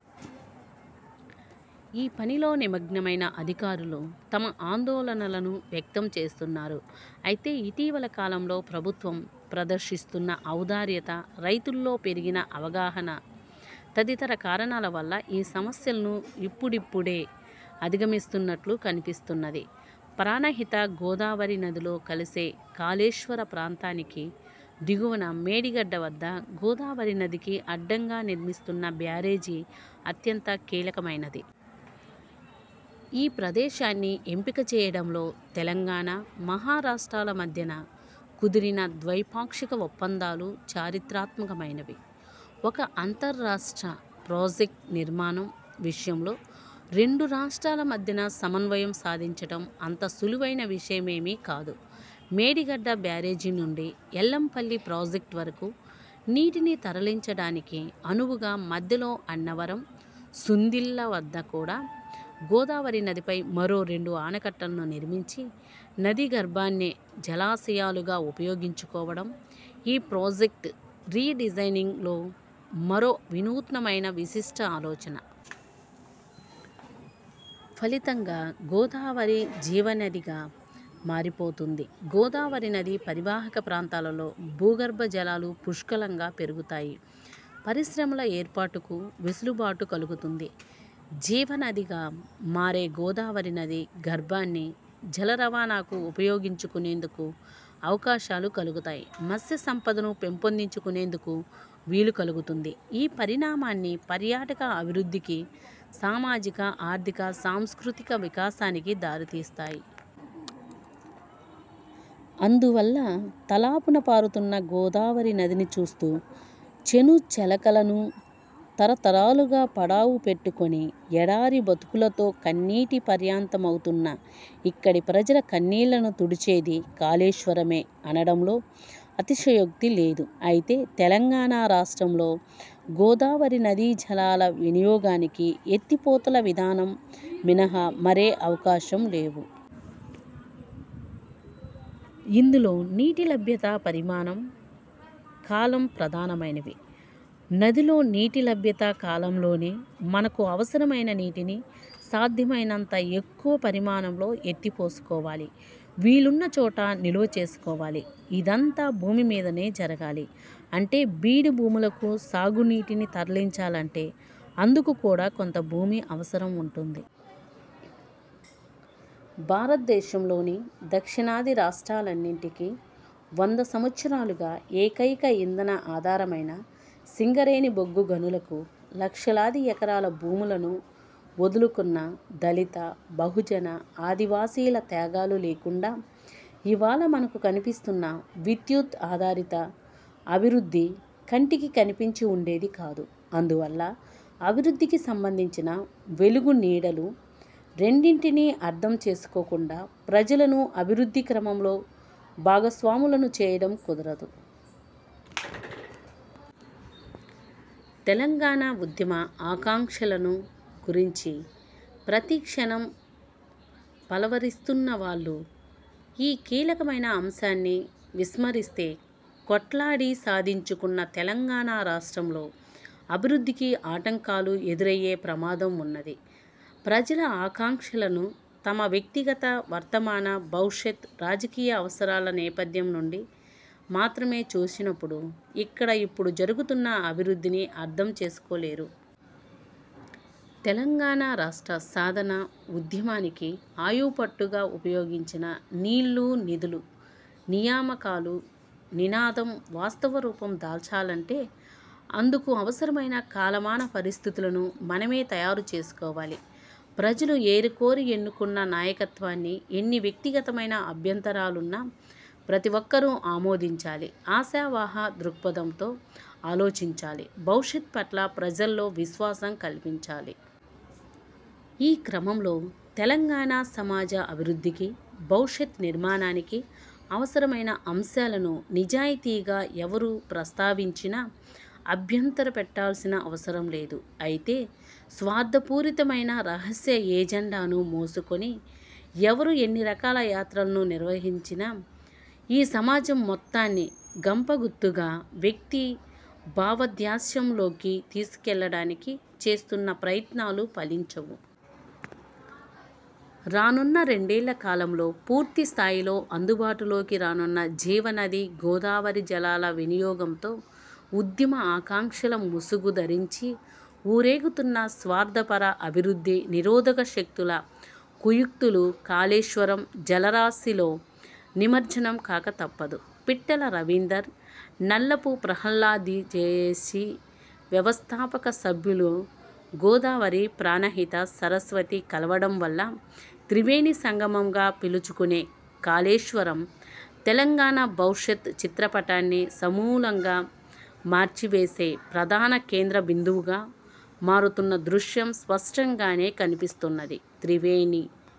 ఈ పనిలో నిమగ్నమైన అధికారులు తమ ఆందోళనలను వ్యక్తం చేస్తున్నారు. అయితే ఇటీవలి కాలంలో ప్రభుత్వం ప్రదర్శిస్తున్న ఔదార్యత, రైతుల్లో పెరిగిన అవగాహన తదితర కారణాల వల్ల ఈ సమస్యలను ఇప్పుడిప్పుడే అధిగమిస్తున్నట్లు కనిపిస్తున్నది. ప్రాణహిత గోదావరి నదిలో కలిసే కాళేశ్వర ప్రాంతానికి దిగువన మేడిగడ్డ వద్ద గోదావరి నదికి అడ్డంగా నిర్మిస్తున్న బ్యారేజీ అత్యంత కీలకమైనది. ఈ ప్రదేశాన్ని ఎంపిక చేయడంలో తెలంగాణ, మహారాష్ట్రల మధ్యన కుదిరిన ద్వైపాక్షిక ఒప్పందాలు చరిత్రాత్మకమైనవి. ఒక అంతర్రాష్ట్ర ప్రాజెక్టు నిర్మాణం విషయంలో రెండు రాష్ట్రాల మధ్యన సమన్వయం సాధించడం అంత సులువైన విషయమేమీ కాదు. మేడిగడ్డ బ్యారేజీ నుంచి ఎల్లంపల్లి ప్రాజెక్టు వరకు నీటిని తరలించడానికి అనువుగా మధ్యలో అన్నారం, సుందిళ్ల వద్ద కూడా గోదావరి నదిపై మరో రెండు ఆనకట్టలను నిర్మించి నది గర్భాన్నే జలాశయాలుగా ఉపయోగించుకోవడం ఈ ప్రాజెక్టు 'రీ–డిజైనింగ్'లో మరొక వినూత్నమైన విశిష్ట ఆలోచన. ఫలితంగా గోదావరి 'జీవనది'గా మారిపోతుంది. గోదావరి నదీ పరివాహక ప్రాంతాల్లో భూగర్భ జలాలు పుష్కలంగా పెరుగుతాయి. పరిశ్రమల ఏర్పాటుకు వెసులుబాటు కలుగుతుంది. 'జీవనది'గా మారే గోదావరి నది గర్భాన్ని జలరవాణాకు ఉపయోగించుకునేందుకు అవకాశాలు కలుగుతాయి. మత్స్య సంపదను పెంపొందించుకునేందుకు వీలు కలుగుతుంది. ఈ పరిణామాలన్నీ పర్యాటక అభివృద్ధికి, సామాజిక, ఆర్థిక, సాంస్కృతిక వికాసానికి దారితీస్తాయి. అందువల్ల తలాపునా పారుతున్న గోదావరి నదిని చూస్తూ, చేనుచెలకలను తరతరాలుగా పడావు పెట్టుకుని ఎడారి బతుకులతో కన్నీటి పర్యంతమవుతున్న ఇక్కడి ప్రజల కన్నీళ్లను తుడిచేది కాళేశ్వరమే అనడంలో అతిశయోక్తి లేదు! అయితే తెలంగాణ రాష్ట్రంలో గోదావరి నదీ జలాల వినియోగానికి ఎత్తిపోతల విధానం మినహా మరే అవకాశాలు లేవు. ఇందులో నీటి లభ్యత పరిమాణం, కాలం ప్రధానమైనవి. నదిలో నీటి లభ్యత కాలంలోనే మనకు అవసరమైన నీటిని, సాధ్యమైనంత ఎక్కువ పరిమాణంలో ఎత్తిపోసుకోవాలి. వీలున్న చోట నిలువ చేసుకోవాలి. ఇదంతా భూమి మీదనే జరగాలి. అంటే బీడు భూములకు సాగునీటిని తరలించాలంటే అందుకు కూడా కొంత భూమి అవసరం ఉంటుంది. భారతదేశంలోని దక్షిణాది రాష్ట్రాలన్నింటికీ వంద సంవత్సరాలుగా ఏకైక ఇంధన ఆధారమైన సింగరేణి బొగ్గు గనులకు లక్షలాది ఎకరాల భూములను వదులుకున్న దళిత, బహుజన, ఆదివాసీల త్యాగాలు లేకుండా ఇవాళ మనకు కనిపిస్తున్న విద్యుత్ ఆధారిత అభివృద్ధి కంటికి కనిపించి ఉండేది కాదు. అందువల్ల అభివృద్ధికి సంబంధించిన 'వెలుగు – నీడలు' రెండింటినీ అర్థం చేసుకోకుండా ప్రజలను అభివృద్ధి క్రమంలో భాగస్వాములను చేయడం కుదరదు. తెలంగాణ ఉద్యమ ఆకాంక్షలను గురించి ప్రతిక్షణం పలవరిస్తున్న వాళ్లు ఈ కీలకమైన అంశాన్ని విస్మరిస్తే కొట్లాడి సాధించుకున్న తెలంగాణ రాష్ట్రంలో అభివృద్ధికి ఆటంకాలు ఎదురయ్యే ప్రమాదం ఉన్నది. ప్రజల ఆకాంక్షలను తమ వ్యక్తిగత, వర్తమాన, భవిష్యత్తు రాజకీయ అవసరాల నేపథ్యం నుండి మాత్రమే చూసినప్పుడు ఇక్కడ ఇప్పుడు జరుగుతున్న అభివృద్ధిని అర్థం చేసుకోలేరు. తెలంగాణ రాష్ట్ర సాధన ఉద్యమానికి ఆయువుపట్టుగా ఉపయోగించిన 'నీళ్లు, నిధులు, నియామకాలు' నినాదం వాస్తవరూపం దాల్చాలంటే అందుకు అవసరమైన కాలమాన పరిస్థితులను మనమే తయారు చేసుకోవాలి. ప్రజలు ఏరికోరి ఎన్నుకున్న నాయకత్వాన్ని ఎన్ని వ్యక్తిగతమైన అభ్యంతరాలున్నా ప్రతిఒక్కరూ ఆమోదించాలి. ఆశావహ దృక్పథంతో ఆలోచించాలి. భవిష్యత్తుపట్ల ప్రజల్లో విశ్వాసం కల్పించాలి. ఈ క్రమంలో తెలంగాణ సమాజ అభివృద్ధికి, భవిష్యత్తు నిర్మాణానికి అవసరమైన ఆంశాలను నిజాయితీగా ఎవ్వరు ప్రస్తావించినా అభ్యంతర పెట్టాల్సిన అవసరం లేదు. అయితే స్వార్థపూరితమైన రహస్య ఎజెండాను మోసుకుని ఎవరు ఎన్నిరకాల యాత్రలను నిర్వహించినా ఈ సమాజం మొత్తాన్ని గంపగుత్తగా వ్యక్తి భావదాస్యంలోకి తీసుకువెళ్లడానికి చేస్తున్న ప్రయత్నాలు ఫలించవు! రానున్న రెండేళ్ల కాలంలో పూర్తిస్థాయిలో అందుబాటులోకి రానున్న జీవనది గోదావరి జలాల వినియోగంతోఉద్యమ ఆకాంక్షల ముసుగు ధరించి ఊరేగుతున్న స్వార్థపర అభివృద్ధి నిరోధక శక్తుల కుయుక్తులు కాళేశ్వరం 'జలరాశి'లో నిమజ్జనం కాక తప్పదు. పిట్టల రవీందర్, నల్లపు ప్రహ్లాద్టీజేయేసీ వ్యవస్థాపక సభ్యులుగోదావరి, ప్రాణహిత, సరస్వతి కలవడం వల్ల ''త్రివేణి సంగమం''గా పిలుచుకునే ''కాళేశ్వరం'' తెలంగాణ భవిష్యత్తు చిత్రపటాన్ని సమూలంగా మార్చివేసే ప్రధాన కేంద్ర బిందువుగా మారుతున్న దృశ్యం స్పష్టంగానే కనిపిస్తున్నది. త్రివేణి